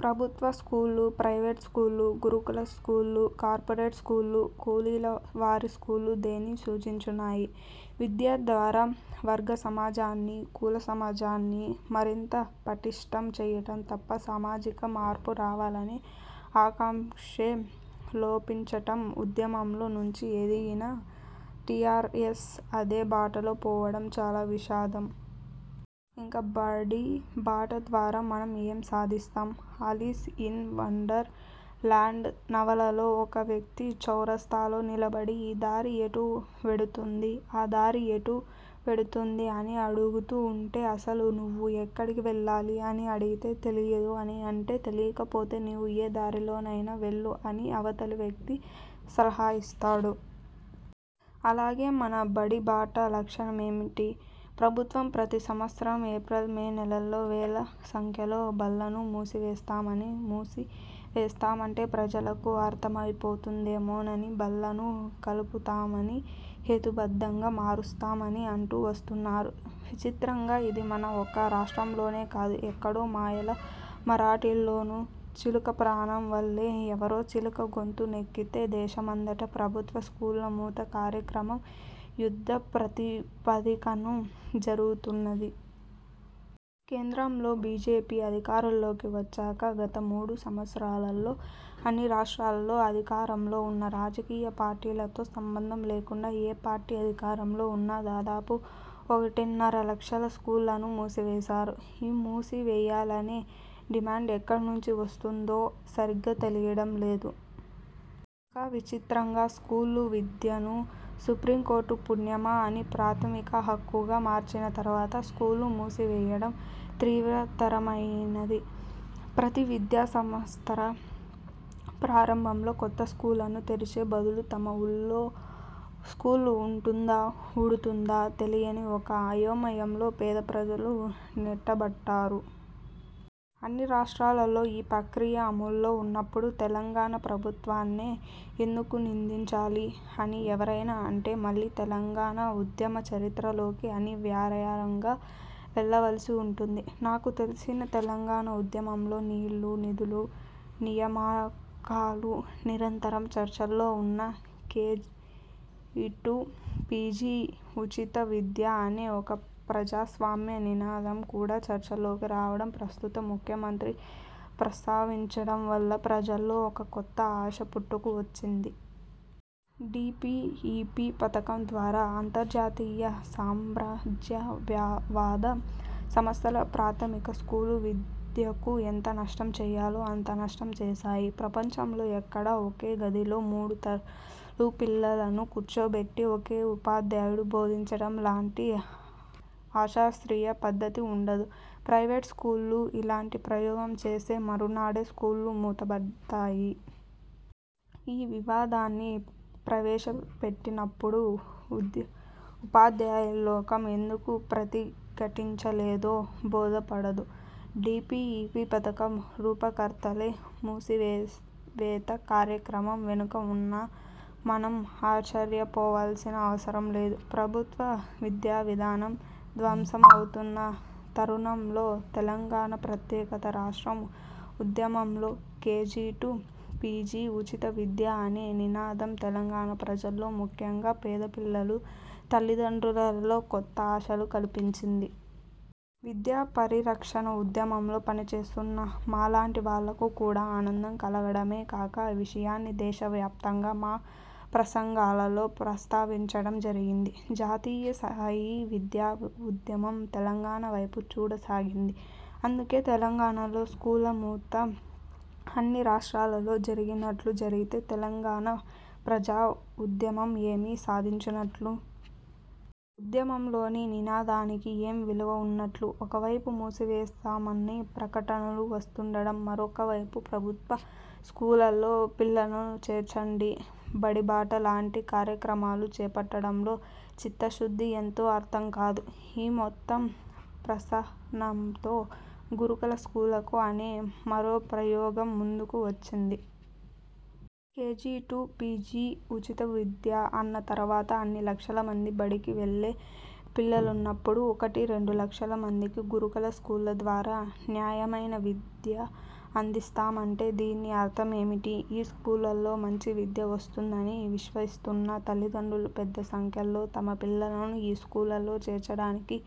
ప్రభుత్వ స్కూళ్ళు, ప్రైవేటు స్కూళ్ళు, గురుకుల స్కూళ్ళు, కార్పొరేట్ స్కూళ్ళు, కులాల వారీ స్కూళ్ళు దేన్ని సూచిస్తున్నాయి? విద్య ద్వారా వర్గ సమాజాన్ని, కుల సమాజాన్ని మరింత పటిష్ఠం చేయడం తప్ప సామాజిక మార్పు రావాలనే ఆకాంక్షే లోపించటం, ఉద్యమంలో నుంచి ఎదిగిన టీఆర్ఎస్ అదే బాటలో పోవడం చాలా విషాదం. ఇక బడి బాట ద్వారా మనం ఏం సాధిస్తాం? అలీస్ ఇన్ వండర్ ల్యాండ్ నవలలో ఒక వ్యక్తి చౌరస్తాలో నిలబడి ఈ దారి ఎటు వెడుతుంది, ఆ దారి ఎటు వెడుతుంది అని అడుగుతూ ఉంటే, అసలు నువ్వు ఎక్కడికి వెళ్ళాలి అని అడిగితే 'తెలియదు' అని అంటే, తెలియకపోతే నీవు ఏ దారిలోనైనా వెళ్ళు అని అవతలి వ్యక్తి సలహా ఇస్తాడు. అలాగే మన 'బడి బాట' లక్ష్యమేమిటి? ప్రభుత్వం ప్రతి సంవత్సరం ఏప్రిల్, మే నెలల్లో వేల సంఖ్యలో బళ్ళను మూసివేస్తామని, మూసివేస్తామంటే ప్రజలకు అర్థమైపోతుందేమోనని బళ్ళను కలుపుతామని, హేతుబద్ధంగా మారుస్తామని అంటూ వస్తున్నారు. విచిత్రంగా ఇది మన ఒక్క రాష్ట్రంలోనే కాదు. ఎక్కడో మాయల మరాఠీలోని చిలుక ప్రాణం వలె, ఎవ్వరో చిలుక గొంతు నొక్కితే దేశమంతటా ప్రభుత్వ స్కూళ్ళ మూత కార్యక్రమం యుద్ధప్రాతిపదికన జరుగుతున్నది. కేంద్రంలో బీజేపీ అధికారంలోకి వచ్చాక గత మూడు సంవత్సరాలలో అన్ని రాష్ర్టాలలో అధికారంలో ఉన్న రాజకీయ పార్టీలతో సంబంధం లేకుండా, ఏ పార్టీ అధికారంలో ఉన్నా దాదాపు ఒకటిన్నర లక్షల స్కూళ్ళను మూసివేసారు. ఈ మూసివేయాలనే డిమాండ్ ఎక్కడి నుంచి వస్తున్నదో సరిగా తెలియడం లేదు. ఇంకా విచిత్రంగా స్కూలు విద్యను సుప్రీంకోర్టు పుణ్యమా అని ప్రాథమిక హక్కుగా మార్చిన తర్వాత స్కూళ్ళు మూసివేయడం తీవ్రతరమయినది. ప్రతి విద్యా సంవత్సర ప్రారంభంలో కొత్త స్కూళ్ళను తెరిచే బదులు, తమ ఊళ్ళో స్కూలు ఉంటుందా ఊడుతుందా తెలియని ఒక అయోమయంలో పేద ప్రజలు నెట్టబడ్డారు. అన్ని రాష్ర్టాలలో ఈ ప్రక్రియ అమలులో ఉన్నప్పుడు తెలంగాణ ప్రభు త్వాన్నే ఎందుకు నిందించాలి అని ఎవరైనా అంటే, మళ్ళీ తెలంగాణ ఉద్యమ చరిత్రలోకి అనివార్యంగా వెళ్ళవలసి ఉంటుంది. నాకు తెలిసి తెలంగాణ ఉద్యమంలో నీళ్ళు, నిధులు, నియామకాలు నిరంతరం చర్చలో ఉన్నా కేజీ టు పీజీ ఉచిత విద్య అనే ఒక ప్రజాస్వామ్య నినాదం కూడా చర్చలోకి రావడం, ప్రస్తుత ముఖ్యమంత్రి ప్రస్తావించడం వల్ల ప్రజల్లో ఒక కొత్త ఆశ పుట్టుకు వచ్చింది. డీపీఈపీ పథకం ద్వారా అంతర్జాతీయ సామ్రాజ్యవాద సంస్థలు ప్రాథమిక స్కూలు విద్యకు ఎంత నష్టం చేయాలో అంత నష్టం చేసాయి. ప్రపంచంలో ఎక్కడా ఒకే గదిలో మూడు తరగతుల పిల్లలను కూచోబెట్టి ఒకే ఉపాధ్యాయుడు బోధించడం లాంటి అశాస్ర్తీయ పద్ధతి ఉండదు. ప్రైవేటు స్కూళ్ళు ఇలాంటి ప్రయోగం చేస్తే మరునాడే స్కూళ్ళు మూతబడతాయి. ఈ విధానాన్ని ప్రవేశపెట్టినప్పుడు ఉపాధ్యాయలోకం ఎందుకు ప్రతిఘటించలేదో బోధపడదు. డీపీఈపీ పథకం రూపకర్తలే మూసివేత కార్యక్రమం వెనక ఉన్నా మనం ఆశ్చర్యపోవలసిన అవసరం లేదు. ప్రభుత్వ విద్యావిధానం ధ్వంసం అవుతున్న తరుణంలో తెలంగాణ ప్రత్యేక రాష్ట్ర ఉద్యమంలో కేజీ టు పీజీ ఉచిత విద్య అనే నినాదం తెలంగాణ ప్రజల్లో, ముఖ్యంగా పేదపిల్లల తల్లిదండ్రులలో, కొత్త ఆశలు కల్పించింది. విద్యాపరిరక్షణ ఉద్యమంలో పనిచేస్తున్న మాలాంటి వాళ్ళకు కూడా ఆనందం కలగడమే కాక ఈ విషయాన్ని దేశవ్యాప్తంగా మా ప్రసంగాలలో ప్రస్తావించడం జరిగింది. జాతీయస్థాయి విద్యా ఉద్యమం తెలంగాణ వైపు చూడసాగింది. అందుకే తెలంగాణలో స్కూళ్ళ మూత అన్ని రాష్ర్టాలలో జరిగినట్లు జరిగితే తెలంగాణ ప్రజా ఉద్యమం ఏమి సాధించినట్లు? ఉద్యమంలోని నినాదానికి, ఏం విలువ ఉన్నట్లు? ఒకవైపు మూసివేస్తామని ప్రకటనలు వస్తూండడం మరొకవైపు ప్రభుత్వ స్కూళ్ళల్లో పిల్లలను చేర్చండని 'బడి బాట' లాంటి కార్యక్రమాలు చేపట్టడంలో చిత్తశుద్ధి ఎంతో అర్థం కాదు. ఈ మొత్తం ప్రహసనంలో గురుకుల స్కూళ్ళు అనే మరో ప్రయోగం ముందుకు వచ్చింది. కేజీ టు పీజీ ఉచిత విద్య అన్న తర్వాత అన్ని లక్షల మంది బడికి వెళ్ళే పిల్లలున్నప్పుడు ఒకటి, రెండు లక్షల మందికి గురుకుల స్కూళ్ళ ద్వారా నాణ్యమైన విద్య అందిస్తామంటే దీని అర్థమేమిటి? ఈ స్కూళ్ళల్లో మంచి విద్య వస్తుందని విశ్వసిస్తున్న తల్లిదండ్రులు పెద్ద సంఖ్యలో తమ పిల్లలను ఈ స్కూళ్ళల్లో చేర్చడానికి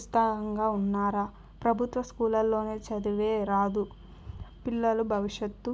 ఉత్సాహంగా ఉన్నారు. ప్రభుత్వ స్కూళ్ళల్లో చదువే రాదు, పిల్లల భవిష్యత్తు